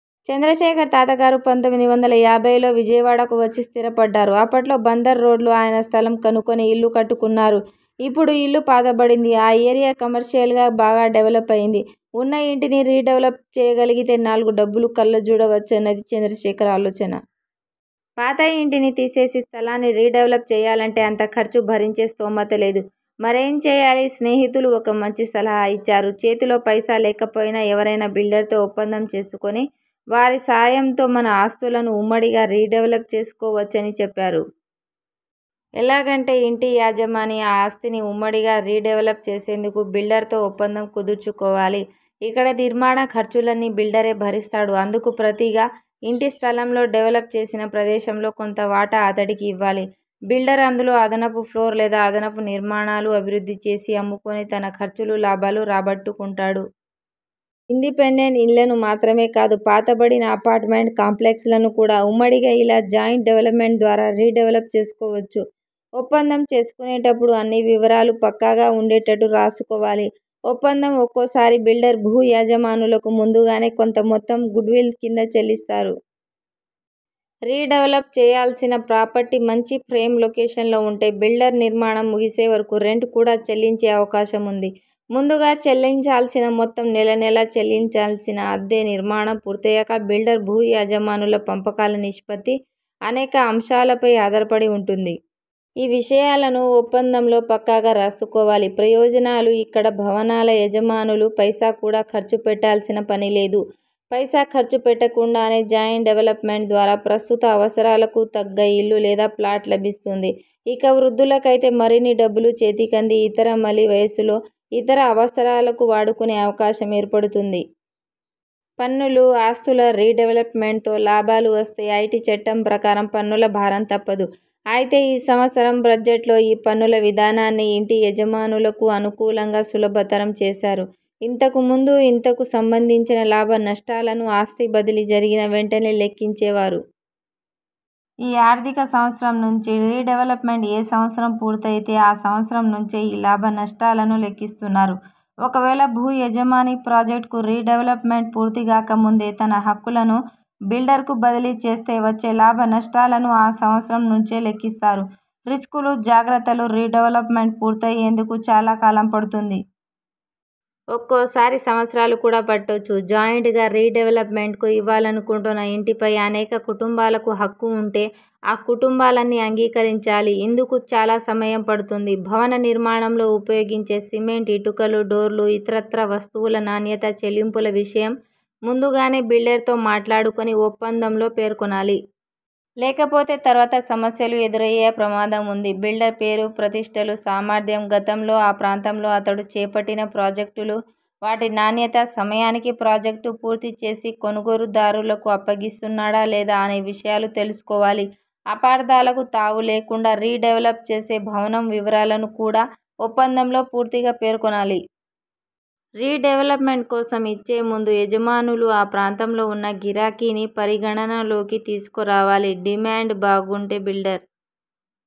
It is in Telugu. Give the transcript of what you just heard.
చంద్రశేఖర్ తాతగారు పంతొమ్మిది వందల యాభైల్లో విజయవాడకు వచ్చి స్థిరపడ్డారు. అప్పట్లో బందర్ రోడ్లో ఆయన స్థలం కొనుక్కొని ఇల్లు కట్టుకున్నారు. ఇప్పుడా ఇళ్లు పాతబడింది. ఆ ఏరియా కమర్షియల్గా బాగా డెవలప్ అయింది. ఉన్న ఇంటిని రీడెవలప్ చేయగలిగితే నాలుగు డబ్బులు కళ్ల జూడవచ్చన్నది చంద్రశేఖర్ ఆలోచన. పాత ఇంటిని తీసేసి స్థలాన్ని రీడెవలప్ చేయాలంటే అంత ఖర్చు భరించే స్తోమత లేదు. మరేం చేయాలి. స్నేహితులు ఒక మంచి సలహా ఇచ్చారు. చేతిలో పైసా లేకపోయినా, ఎవరైనా బిల్డర్తో ఒప్పందం చేసుకొని వారి సాయంతో మన ఆస్తులను ఉమ్మడిగా రీ డెవలప్ చేసుకోవచ్చని చెప్పారు. ఎలాగంటే, ఇంటి యజమాని ఆ ఆస్తిని ఉమ్మడిగా రీడెవలప్ చేసేందుకు బిల్డర్తో ఒప్పందం కుదుర్చుకోవాలి. ఇక్కడ నిర్మాణ ఖర్చులన్నీ బిల్డరే భరిస్తాడు. అందుకు ప్రతిగా ఇంటి స్థలంలో, డెవలప్ చేసిన ప్రదేశం లో కొంత వాటా అతడికి ఇవ్వాలి. బిల్డర్ అందులో అదనపు ఫ్లోర్ లేదా అదనపు నిర్మాణాలు అభివృద్ధి చేసి అమ్ముకుని తన ఖర్చులు, లాభాలు రాబట్టుకుంటాడు. ఇండిపెండెంట్ ఇళ్లను మాత్రమే కాదు పాతబడిన అపార్ట్మెంట్ కాంప్లెక్స్లను కూడా ఉమ్మడిగా ఇలా జాయింట్ డెవల్పమెంట్ ద్వారా రీడెవలప్ చేసుకోవచ్చు. ఒప్పందం చేసుకునేటపుడే అన్ని వివరాలు పక్కాగా ఉండేటట్టు రాసుకోవాలి. ఒప్పందం.. ఒక్కోసారి బిల్డర్ భూ యజమానులకు ముందుగానే కొంత మొత్తం గుడ్విల్ కింద చెల్లిస్తారు. రీడెవలప్ చేయాల్సిన ప్రాపర్టీ మంచి ప్రైమ్ లొకేషన్లో ఉంటే బిల్డర్ నిర్మాణం ముగిసే వరకు రెంట్ కూడా చెల్లించే అవకాశం ఉంది. ముందుగా చెల్లించాల్సిన మొత్తం, నెలనెలా చెల్లించాల్సిన అద్దె, నిర్మాణం పూర్తయ్యాక బిల్డర్, భూ యజమానుల పంపకాల నిష్పత్తి అనేక అంశాలపై ఆధారపడి ఉంటుంది. ఈ విషయాలనూ ఒప్పందంలో పక్కాగా రాసుకోవాలి. ప్రయోజనాలు ఇక్కడ భవనాల యజమానులు పైసా కూడా ఖర్చు పెట్టాల్సిన పని లేదు. పైసా ఖర్చు పెట్టకుండానే జాయింట్ డెవలప్మెంట్ ద్వారా ప్రస్తుత అవసరాలకు తగ్గ ఇల్లు లేదా ఫ్లాట్ లభిస్తుంది. ఇక వృద్ధులకైతే మరిన్ని డబ్బులు చేతికంది ఇతర మలి వయసులో ఇతర అవసరాలకు వాడుకునే అవకాశం ఏర్పడుతుంది. పన్నులు ఆస్తుల రీడెవలప్మెంట్తో లాభాలు వస్తే ఐటి చట్టం ప్రకారం పన్నుల భారం తప్పదు. అయితే ఈ సంవత్సరం బడ్జెట్లో ఈ పన్నుల విధానాన్ని ఇంటి యజమానులకు అనుకూలంగా సులభతరం చేశారు. ఇంతకు ముందు ఇందుకు సంబంధించిన లాభనష్టాలను ఆస్తి బదిలీ జరిగిన వెంటనే లెక్కించే వారు. ఈ ఆర్థిక సంవత్సరం నుంచి రీడెవల్పమెంట్ ఏ సంవత్సరం పూర్తయితే ఆ సంవత్సరం నుంచే ఈ లాభనష్టాలను లెక్కిస్తున్నారు. ఒకవేళ భూ యజమాని ప్రాజెక్టు రీడెవల్పమెంట్ పూర్తిగాక ముందే తన హక్కులను బిల్డర్కు బదిలీ చేస్తే వచ్చే లాభనష్టాలను ఆ సంవత్సరం నుంచే లెక్కిస్తారు. రిస్కులు జాగ్రత్తలు రీడెవలప్మెంట్ పూర్తయ్యేందుకు చాలా కాలం పడుతుంది. ఒక్కోసారి సంవత్సరాలు కూడా పట్టొచ్చు. జాయింట్గా రీడెవలప్మెంట్కు ఇవ్వాలనుకుంటున్న ఇంటిపై అనేక కుటుంబాలకు హక్కు ఉంటే ఆ కుటుంబాలన్నీ అంగీకరించాలి. ఇందుకు చాలా సమయం పడుతుంది. భవన నిర్మాణంలో ఉపయోగించే సిమెంట్, ఇటుకలు, డోర్లు, ఇతరత్రా వస్తువుల నాణ్యత, చెల్లింపుల విషయం ముందుగానే బిల్డర్తో మాట్లాడుకుని ఒప్పందంలో పేర్కొనాలి. లేకపోతే తర్వాత సమస్యలు ఎదురయ్యే ప్రమాదం ఉంది. బిల్డర్ పేరు ప్రతిష్ఠలు, సామర్థ్యం, గతంలో ఆ ప్రాంతంలో అతడు చేపట్టిన ప్రాజెక్టులు, వాటి నాణ్యత, సమయానికి ప్రాజెక్టు పూర్తి చేసి కొనుగోలుదారులకు అప్పగిస్తున్నాడా? లేదా? అనే విషయాలూ తెలుసుకోవాలి. అపార్థాలకు తావు లేకుండా రీడెవలప్ చేసే భవనం వివరాలను కూడా ఒప్పందంలో పూర్తిగా పేర్కొనాలి. రీడెవలప్మెంట్ కోసం ఇచ్చే ముందే యజమానులు ఆ ప్రాం తంలో ఉన్న గిరాకీని పరిగణనలోకి తీసుకోవాలి. డిమాండ్ బాగుంటే బిల్డర్